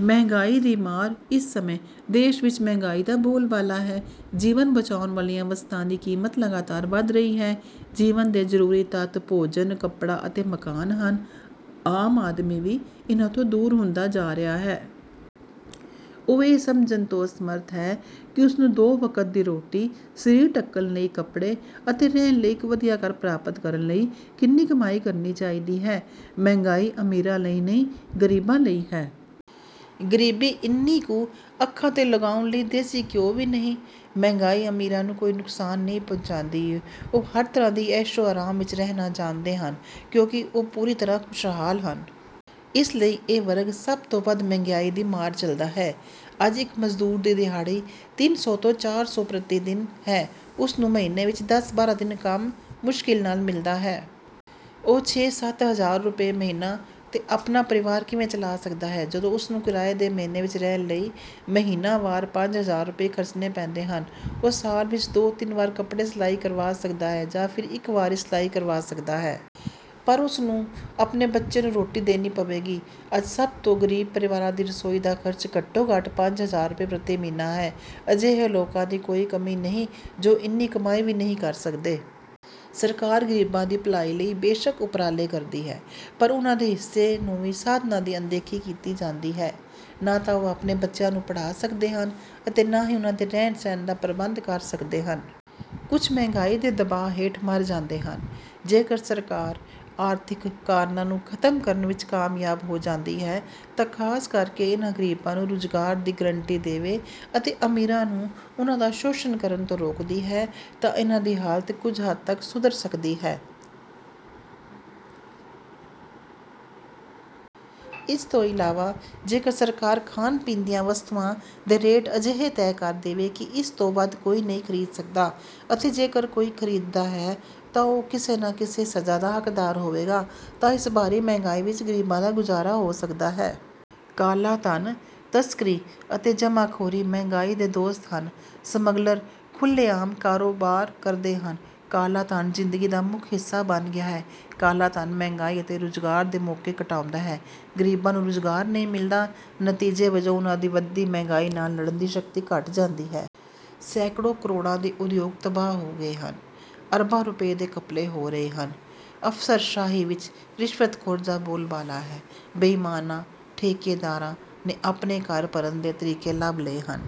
ਮਹਿੰਗਾਈ ਦੀ ਮਾਰ ਇਸ ਸਮੇਂ ਦੇਸ਼ ਵਿੱਚ ਮਹਿੰਗਾਈ ਦਾ ਬੋਲਬਾਲਾ ਹੈ। ਜੀਵਨ ਬਚਾਉਣ ਵਾਲੀਆਂ ਵਸਤਾਂ ਦੀ ਕੀਮਤ ਲਗਾਤਾਰ ਵਧ ਰਹੀ ਹੈ। ਜੀਵਨ ਦੇ ਜ਼ਰੂਰੀ ਤੱਤ ਭੋਜਨ, ਕੱਪੜਾ ਅਤੇ ਮਕਾਨ ਹਨ। ਆਮ ਆਦਮੀ ਵੀ ਇਨ੍ਹਾਂ ਤੋਂ ਦੂਰ ਹੁੰਦਾ ਜਾ ਰਿਹਾ ਹੈ। ਉਹ ਇਹ ਸਮਝਣ ਤੋਂ ਅਸਮਰੱਥ ਹੈ ਕਿ ਉਸਨੂੰ ਦੋ ਵਕਤ ਦੀ ਰੋਟੀ, ਸਰੀਰ ਢੱਕਣ ਲਈ ਕੱਪੜੇ ਅਤੇ ਰਹਿਣ ਲਈ ਇੱਕ ਵਧੀਆ ਘਰ ਪ੍ਰਾਪਤ ਕਰਨ ਲਈ ਕਿੰਨੀ ਕਮਾਈ ਕਰਨੀ ਚਾਹੀਦੀ ਹੈ। ਮਹਿੰਗਾਈ ਅਮੀਰਾਂ ਲਈ ਨਹੀਂ, ਗਰੀਬਾਂ ਲਈ ਹੈ। ਗਰੀਬੀ ਇੰਨੀ ਕਿ ਅੱਖਾਂ 'ਤੇ ਲਗਾਉਣ ਲਈ ਦੇਸੀ ਘਿਓ ਵੀ ਨਹੀਂ। ਮਹਿੰਗਾਈ ਅਮੀਰਾਂ ਨੂੰ ਕੋਈ ਨੁਕਸਾਨ ਨਹੀਂ ਪਹੁੰਚਾਉਂਦੀ। ਉਹ ਹਰ ਤਰ੍ਹਾਂ ਦੀ ਐਸ਼ੋ-ਆਰਾਮ ਵਿੱਚ ਰਹਿਣਾ ਜਾਣਦੇ ਹਨ ਕਿਉਂਕਿ ਉਹ ਪੂਰੀ ਤਰ੍ਹਾਂ ਖੁਸ਼ਹਾਲ ਹਨ। ਇਸ ਲਈ ਇਹ ਵਰਗ ਸਭ ਤੋਂ ਵੱਧ ਮਹਿੰਗਾਈ ਦੀ ਮਾਰ ਝੱਲਦਾ ਹੈ। ਅੱਜ ਇੱਕ ਮਜ਼ਦੂਰ ਦੀ ਦਿਹਾੜੀ ਤਿੰਨ ਸੌ ਤੋਂ ਚਾਰ ਸੌ ਰੁਪਏ ਪ੍ਰਤੀ ਦਿਨ ਹੈ। ਉਸ ਨੂੰ ਮਹੀਨੇ ਵਿੱਚ ਦਸ ਬਾਰਾਂ ਦਿਨ ਕੰਮ ਮੁਸ਼ਕਿਲ ਨਾਲ ਮਿਲਦਾ ਹੈ। ਉਹ ਛੇ-ਸੱਤ ਹਜ਼ਾਰ ਰੁਪਏ ਮਹੀਨੇ 'ਤੇ ਆਪਣਾ ਪਰਿਵਾਰ ਕਿਵੇਂ ਚਲਾ ਸਕਦਾ ਹੈ? ਜਦੋਂ ਉਸਨੂੰ ਕਿਰਾਏ ਦੇ ਮਕਾਨ ਵਿੱਚ ਰਹਿਣ ਲਈ ਮਹੀਨਾਵਾਰ ਪੰਜ ਹਜ਼ਾਰ ਰੁਪਏ ਖਰਚਣੇ ਪੈਂਦੇ ਹਨ। ਉਹ ਸਾਲ ਵਿੱਚ ਦੋ-ਤਿੰਨ ਵਾਰ ਕੱਪੜੇ ਸਿਲਾਈ ਕਰਵਾ ਸਕਦਾ ਹੈ, ਜਾਂ ਸਿਰਫ਼ ਇੱਕ ਵਾਰ ਹੀ ਸਿਲਾਈ ਕਰਵਾ ਸਕਦਾ ਹੈ। ਪਰ ਉਸਨੂੰ ਆਪਣੇ ਬੱਚੇ ਨੂੰ ਰੋਟੀ ਦੇਣੀ ਪਵੇਗੀ। ਅੱਜ ਸਭ ਤੋਂ ਗ਼ਰੀਬ ਪਰਿਵਾਰਾਂ ਦੀ ਰਸੋਈ ਦਾ ਖ਼ਰਚ ਘੱਟੋ-ਘੱਟ ਪੰਜ ਹਜ਼ਾਰ ਰੁਪਏ ਪ੍ਰਤੀ ਮਹੀਨਾ ਹੈ। ਅਜਿਹੇ ਲੋਕਾਂ ਦੀ ਕੋਈ ਕਮੀ ਨਹੀਂ ਜੋ ਇੰਨੀ ਕਮਾਈ ਵੀ ਨਹੀਂ ਕਰ ਸਕਦੇ। ਸਰਕਾਰ ਗਰੀਬਾਂ ਦੀ ਭਲਾਈ ਲਈ ਬੇਸ਼ੱਕ ਉਪਰਾਲੇ ਕਰਦੀ ਹੈ, ਪਰ ਉਨ੍ਹਾਂ ਦੇ ਹਿੱਸੇ ਨੂੰ ਵੀ ਸਾਧਨਾਂ ਦੀ ਅਣਦੇਖੀ ਕੀਤੀ ਜਾਂਦੀ ਹੈ। ਨਾ ਤਾਂ ਉਹ ਆਪਣੇ ਬੱਚਿਆਂ ਨੂੰ ਪੜ੍ਹਾ ਸਕਦੇ ਹਨ ਅਤੇ ਨਾ ਹੀ ਉਨ੍ਹਾਂ ਦੇ ਰਹਿਣ-ਸਹਿਣ ਦਾ ਪ੍ਰਬੰਧ ਕਰ ਸਕਦੇ ਹਨ। ਕੁਝ ਮਹਿੰਗਾਈ ਦੇ ਦਬਾਅ ਹੇਠ ਮਰ ਜਾਂਦੇ ਹਨ। ਜੇਕਰ ਸਰਕਾਰ ਆਰਥਿਕ ਕਾਰਨਾਂ ਨੂੰ ਖਤਮ ਕਰਨ ਵਿੱਚ ਕਾਮਯਾਬ ਹੋ ਜਾਂਦੀ ਹੈ ਅਤੇ ਖਾਸ ਕਰਕੇ ਇਹਨਾਂ ਗਰੀਬਾਂ ਨੂੰ ਰੁਜ਼ਗਾਰ ਦੀ ਗਰੰਟੀ ਦੇਵੇ ਅਤੇ ਅਮੀਰਾਂ ਨੂੰ ਉਹਨਾਂ ਦਾ ਸ਼ੋਸ਼ਣ ਕਰਨ ਤੋਂ ਰੋਕਦੀ ਹੈ ਤਾਂ ਇਹਨਾਂ ਦੀ ਹਾਲਤ ਕੁਝ ਹੱਦ ਤੱਕ ਸੁਧਰ ਸਕਦੀ ਹੈ। ਇਸ ਤੋਂ ਇਲਾਵਾ ਜੇਕਰ ਸਰਕਾਰ ਖਾਣ-ਪੀਣ ਦੀਆਂ ਵਸਤੂਆਂ ਦੇ ਰੇਟ ਅਜਿਹੇ ਤੈਅ ਕਰ ਦੇਵੇ ਕਿ ਇਸ ਤੋਂ ਵੱਧ ਕੋਈ ਨਹੀਂ ਖਰੀਦ ਸਕਦਾ ਅਤੇ ਜੇਕਰ ਕੋਈ ਖਰੀਦਦਾ ਹੈ ਤਾਂ ਉਹ ਕਿਸੇ ਨਾ ਕਿਸੇ ਸਜਾ ਦਾ ਹੱਕਦਾਰ ਹੋਵੇਗਾ ਤਾਂ ਇਸ ਭਾਰੀ ਮਹਿੰਗਾਈ ਵਿੱਚ ਗਰੀਬਾਂ ਦਾ ਗੁਜ਼ਾਰਾ ਹੋ ਸਕਦਾ ਹੈ। ਕਾਲਾ ਧਨ, ਤਸਕਰੀ ਅਤੇ ਜਮ੍ਹਾਖੋਰੀ ਮਹਿੰਗਾਈ ਦੇ ਦੋਸਤ ਹਨ। ਸਮੱਗਲਰ ਖੁੱਲ੍ਹੇਆਮ ਕਾਰੋਬਾਰ ਕਰਦੇ ਹਨ, ਕਾਲਾ ਧਨ ਜ਼ਿੰਦਗੀ ਦਾ ਮੁੱਖ ਹਿੱਸਾ ਬਣ ਗਿਆ ਹੈ। ਕਾਲਾ ਧਨ ਮਹਿੰਗਾਈ ਅਤੇ ਰੁਜ਼ਗਾਰ ਦੇ ਮੌਕੇ ਘਟਾਉਂਦਾ ਹੈ। ਗਰੀਬਾਂ ਨੂੰ ਰੁਜ਼ਗਾਰ ਨਹੀਂ ਮਿਲਦਾ, ਨਤੀਜੇ ਵਜੋਂ ਉਨ੍ਹਾਂ ਦੀ ਵਧਦੀ ਮਹਿੰਗਾਈ ਨਾਲ ਲੜਨ ਦੀ ਸ਼ਕਤੀ ਘੱਟ ਜਾਂਦੀ ਹੈ। ਸੈਂਕੜੇ ਕਰੋੜਾਂ ਦੇ ਉਦਯੋਗ ਤਬਾਹ ਹੋ ਗਏ ਹਨ। ਅਰਬਾਂ ਰੁਪਏ ਦੇ ਘਪਲੇ ਹੋ ਰਹੇ ਹਨ। ਅਫਸਰਸ਼ਾਹੀ ਵਿੱਚ ਰਿਸ਼ਵਤਖੋਰੀ ਦਾ ਬੋਲਬਾਲਾ ਹੈ। ਬੇਈਮਾਨ ਠੇਕੇਦਾਰਾਂ ਨੇ ਆਪਣੇ ਘਰ ਭਰਨ ਦੇ ਤਰੀਕੇ ਲੱਭ ਲਏ ਹਨ।